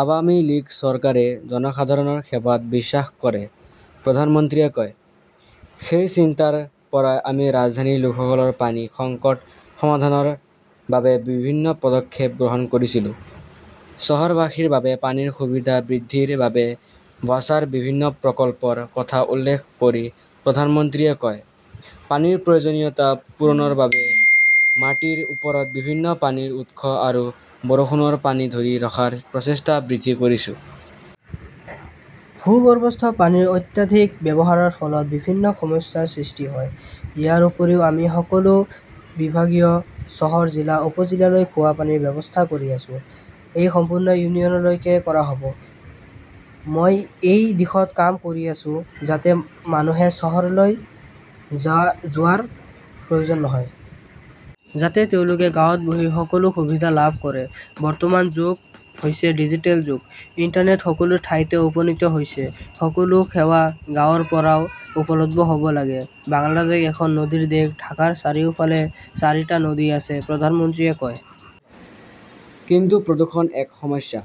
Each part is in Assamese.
আৱামী লীগ চৰকাৰে জনসাধাৰণৰ সেৱাত বিশ্বাস কৰে, প্ৰধানমন্ত্ৰীয়ে কয়। সেই চিন্তাৰ পৰাই আমি ৰাজধানীৰ লোকসকলৰ পানীৰ সংকট সমাধানৰ বাবে বিভিন্ন পদক্ষেপ গ্ৰহণ কৰিছিলো। "চহৰবাসীৰ বাবে পানীৰ সুবিধা বৃদ্ধিৰ বাবে ৱাছাৰ বিভিন্ন প্ৰকল্পৰ কথা উল্লেখ কৰি প্ৰধানমন্ত্ৰীয়ে কয়,"পানীৰ প্ৰয়োজনীয়তা পূৰণৰ বাবে মাটিৰ ওপৰত বিভিন্ন পানীৰ উৎস আৰু বৰষুণৰ পানী ধৰি ৰখাৰ প্ৰচেষ্টা বৃদ্ধি কৰিছোঁ। ভূগৰ্ভস্থ পানীৰ অত্যাধিক ব্যৱহাৰৰ ফলত বিভিন্ন সমস্যাৰ সৃষ্টি হয়। ইয়াৰ উপৰিও, আমি সকলো বিভাগীয় চহৰ, জিলা-উপজিলালৈ খোৱাপানীৰ ব্যৱস্থা কৰি আছো। এইটো সম্পূৰ্ণ ইউনিয়নলৈকে কৰা হব। মই এই দিশত কাম কৰি আছোঁ, যাতে মানুহে চহৰলৈ যোৱাৰ প্ৰয়োজন নহয়। যাতে তেওঁলোকে গাঁৱত বহি সকলো সুবিধা লাভ কৰে। বৰ্তমান যুগ হৈছে ডিজিটেল যুগ। ইণ্টাৰনেট সকলো ঠাইতে উপনীত হৈছে। সকলো সেৱা গাঁৱৰ পৰাও উপলব্ধ হব লাগে"। "বাংলাদেশ এখন নদীৰ দেশ, ঢাকাৰ চাৰিওফালে চাৰিটা নদী আছে", প্ৰধানমন্ত্ৰীয়ে কয়। "কিন্তু প্ৰদূষণ এক সমস্যা।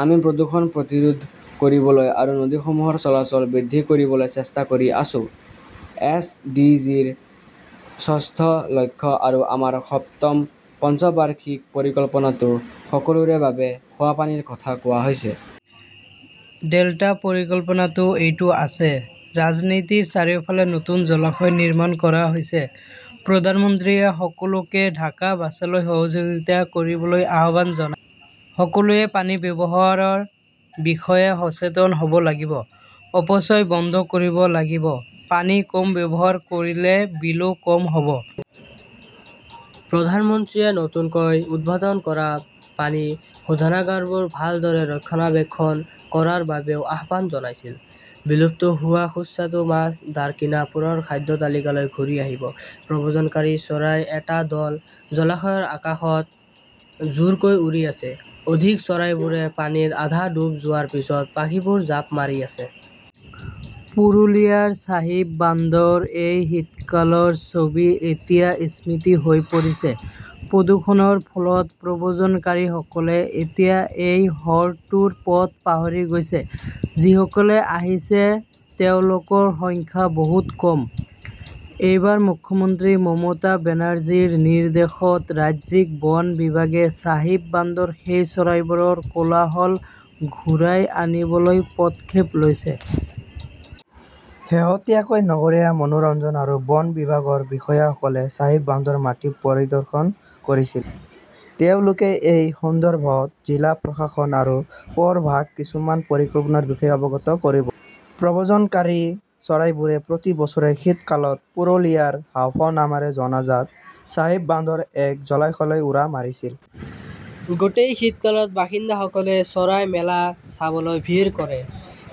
আমি প্ৰদূষণ প্ৰতিৰোধ কৰিবলৈ আৰু নদীসমূহৰ চলাচল বৃদ্ধি কৰিবলৈ চেষ্টা কৰি আছো। এছ. ডি. জি. ৰ ছষ্ঠ লক্ষ্য আৰু আমাৰ সপ্তম পঞ্চবাৰ্ষিক পৰিকল্পনাতো সকলোৰে বাবে খোৱাপানীৰ কথা কোৱা হৈছে। ডেল্টা পৰিকল্পনাতো এইটো আছে। ৰাজনীতিৰ চাৰিওফালে নতুন জলাশয় নিৰ্মাণ কৰা হৈছে"। প্ৰধানমন্ত্ৰীয়ে সকলোকে ঢাকা ৱাছালৈ সহযোগিতা কৰিবলৈ আহ্বান জনায়। "সকলোৱে পানী ব্যৱহাৰৰ বিষয়ে সচেতন হব লাগিব। অপচয় বন্ধ কৰিব লাগিব। পানী কম ব্যৱহাৰ কৰিলে বিলো কম হব"। প্ৰধানমন্ত্ৰীয়ে নতুনকৈ উদ্বোধন কৰা পানী শোধনাগাৰবোৰ ভালদৰে ৰক্ষণাবেক্ষণ কৰাৰ বাবেও আহ্বান জনাইছিল। বিলুপ্ত হোৱা সুস্বাদু মাছ দাৰ্কিনা পুনৰ খাদ্যতালিকালৈ ঘূৰি আহিব । প্ৰব্ৰজনকাৰী চৰাইৰ এটা দল জলাশয়ৰ আকাশত জোৰকৈ উৰি আছে। অধিক চৰাইবোৰে পানীত আধা ডুব যোৱাৰ পিছত পাখিবোৰ জাপ মাৰি আছে। পুৰুলিয়াৰ চাহিব বান্ধৰ এই শীতকালৰ ছবি এতিয়া স্মৃতি হৈ পৰিছে। প্ৰদূষণৰ ফলত প্ৰব্ৰজনকাৰীসকলে এতিয়া এই হ্ৰদটোৰ পথ পাহৰি গৈছে। যিসকলে আহিছে, তেওঁলোকৰ সংখ্যা বহুত কম। এইবাৰ মুখ্যমন্ত্ৰী মমতা বেনাৰ্জীৰ নিৰ্দেশত ৰাজ্যিক বন বিভাগে চাহিব বান্ধৰ সেই চৰাইবোৰৰ কোলাহল ঘূৰাই আনিবলৈ পদক্ষেপ লৈছে। শেহতীয়াকৈ নগৰীয়া মনোৰঞ্জন আৰু বন বিভাগৰ বিষয়াসকলে চাহিব বান্ধৰ মাটি পৰিদৰ্শন কৰিছিল। তেওঁলোকে এই সন্দৰ্ভত জিলা প্ৰশাসন আৰু পৌৰসভাক কিছুমান পৰিকল্পনাৰ বিষয়ে অৱগত কৰিব। প্ৰব্ৰজনকাৰী চৰাইবোৰে প্ৰতি বছৰে শীতকালত পুৰুলিয়াৰ হাঁওফাঁও নামেৰে জনাজাত চাহিব বান্ধৰ একৰ জলাশয়লৈ উৰা মাৰিছিল। গোটেই শীতকালত বাসিন্দাসকলে চৰাই মেলা চাবলৈ ভিৰ কৰে।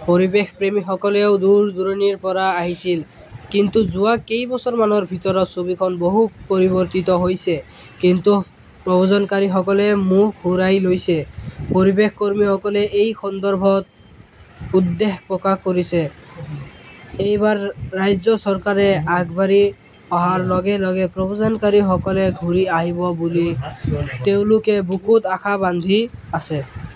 পৰিৱেশপ্ৰেমীসকলেও দূৰ-দূৰণিৰ পৰা আহিছিল। কিন্তু যোৱা কেইবছৰমানৰ ভিতৰত ছবিখন বহু পৰিৱৰ্তিত হৈছে। কিন্তু প্ৰব্ৰজনকাৰীসকলে মুখ ঘূৰাই লৈছে। পৰিৱেশকৰ্মীসকলে এই সন্দৰ্ভত উদ্বেহ প্ৰকাশ কৰিছিল। এইবাৰ ৰাজ্য চৰকাৰে আগবাঢ়ি অহাৰ লগে লগে প্ৰব্ৰজনকাৰীসকলে ঘূৰি আহিব বুলি তেওঁলোকে বুকুত আশা বান্ধি আছে।